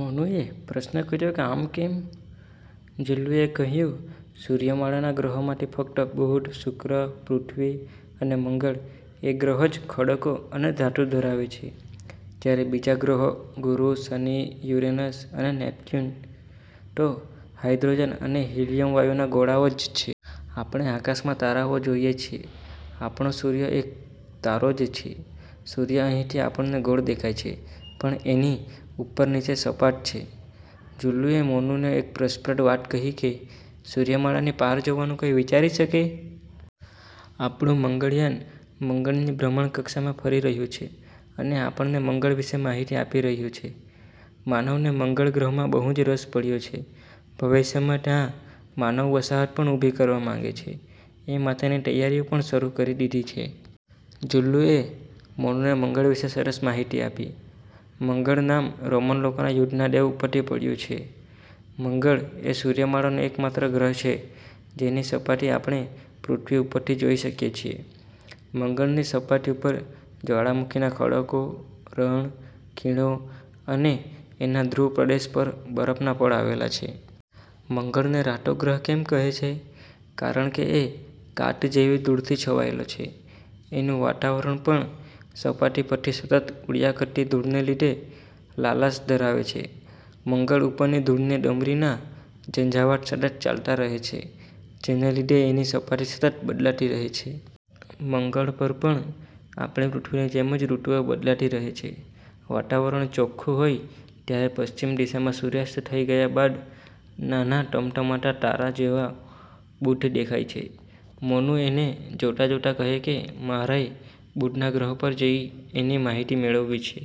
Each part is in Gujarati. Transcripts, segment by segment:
મોનુ એ પ્રશ્ન કર્યો કે આમ કેમ? જુલ્લુ એ કહ્યું, "સૂર્યમાળાના ગ્રહોમાંથી ફક્ત બુધ, શુક્ર, પૃથ્વી અને મંગળ એ ગ્રહો જ ખડકો અને ધાતુ ધરાવે છે. જયારે બીજા ગ્રહો ગુરુ, શનિ, યુરેનસ અને નેપ્ટયુન તો હાઇડ્રોજન અને હિલીયમ વાયુના ગોળાઓ જ છે". આપણે આકાશમાં તારાઓ જોઈએ છીએ. આપણો સૂર્ય પણ એક તારો જ છે. સૂર્ય અહીંથી આપણને ગોળ દેખાય છે પણ એની ઉપર-નીચે સપાટ છે. જુલ્લુ એ મોનુને એક રસપ્રદ વાત કહીકે સૂર્યમાળાની પાર જવાનું કોઈ વિચારી શકે? આપણું મંગળયાન મંગળની ભ્રમણકક્ષામાં ફરી રહ્યું છે અને આપણને મંગળ વિષે માહિતી આપી રહ્યું છે. માનવને મંગળ ગ્રહમાં બહુ જ રસ પડ્યો છે. ભવિષ્યમાં ત્યાં માનવ વસાહત પણ ઉભી કરવા માંગે છે. એ માટેની તૈયારીઓ પણ શરુ કરી દીધી છે. જુલ્લુએ મોનુને મંગળ વિષે સરસ માહિતી આપી. મંગળ નામ રોમન લોકોના યુદ્ધના દેવ ઉપરથી પડ્યું છે. મંગળ એ સૂર્યમાળાનો એક માત્ર ગ્રહ છે જેની સપાટી આપણે પૃથ્વી ઉપરથી જોઈ શકીએ છીએ. મંગળની સપાટી ઉપર જવાળામુખીના ખડકો, રણ, ખીણો અને એના ધ્રુવ પ્રદેશ પર બરફના પડ આવેલા છે. મંગળને રાતો ગ્રહ કેમ કહે છે? કારણકે એ કાટ જેવી ધૂળથી છવાયેલો છે. એનું વાતાવરણ પણ સપાટી પરથી સતત ઉડ્યા કરતી ધૂળને લીધે લાલાશ ધરાવે છે. મંગળ ઉપર ધૂળની ડમરીના ઝંઝાવાત સતત ચાલતા રહે છે જેને લીધે એની સપાટી સતત બદલાતી રહે છે. મંગળ પર પણ આપણી પૃથ્વીની જેમ જ ઋતુઓ બદલાતી રહે છે. વાતાવરણ ચોક્ખું હોય ત્યારે પશ્ચિમ દિશામાં સુર્યાસ્ત થઇ ગયા બાદ નાના ટમટમતા તારા જેવો બુધ દેખાય છે. મોનુ એને જોતાં જોતાં કહે કે મારે બુધના ગ્રહ પર જઈ એની માહિતી મેળવવી છે.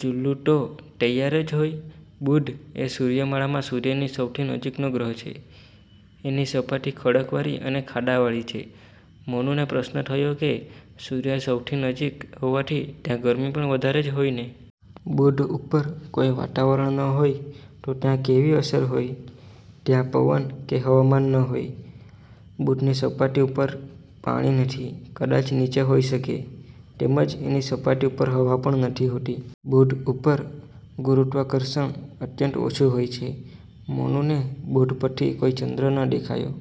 જુલ્લુ તો તૈયાર જ હોય. બુધ એ સૂર્યમાળામાં સૂર્યની સૌથી નજીકનો ગ્રહ છે. એની સપાટી ખડકાળ અને ખાડાવાળી છે. મોનુને પ્રશ્ન થયો કે સૂર્યની સૌથી નજીક હોવાથી ત્યાં ગરમી પણ વધારે જ હોય ને? બુધ ઉપર કોઈ વાતાવરણ ન હોય તો ત્યાં કેવી અસર હોય? ત્યાં પવન કે હવામાન ન હોય. બુધની સપાટી ઉપર પાણી નથી. કદાચ નીચે હોઈ શકે. તેમજ એની સપાટી ઉપર હવા પણ નથી હોતી. બુધ ઉપર ગુરુત્વાકર્ષણ અત્યંત ઓછું હોય છે. મોનુને બુધ પરથી કોઈ ચંદ્ર ન દેખાયો.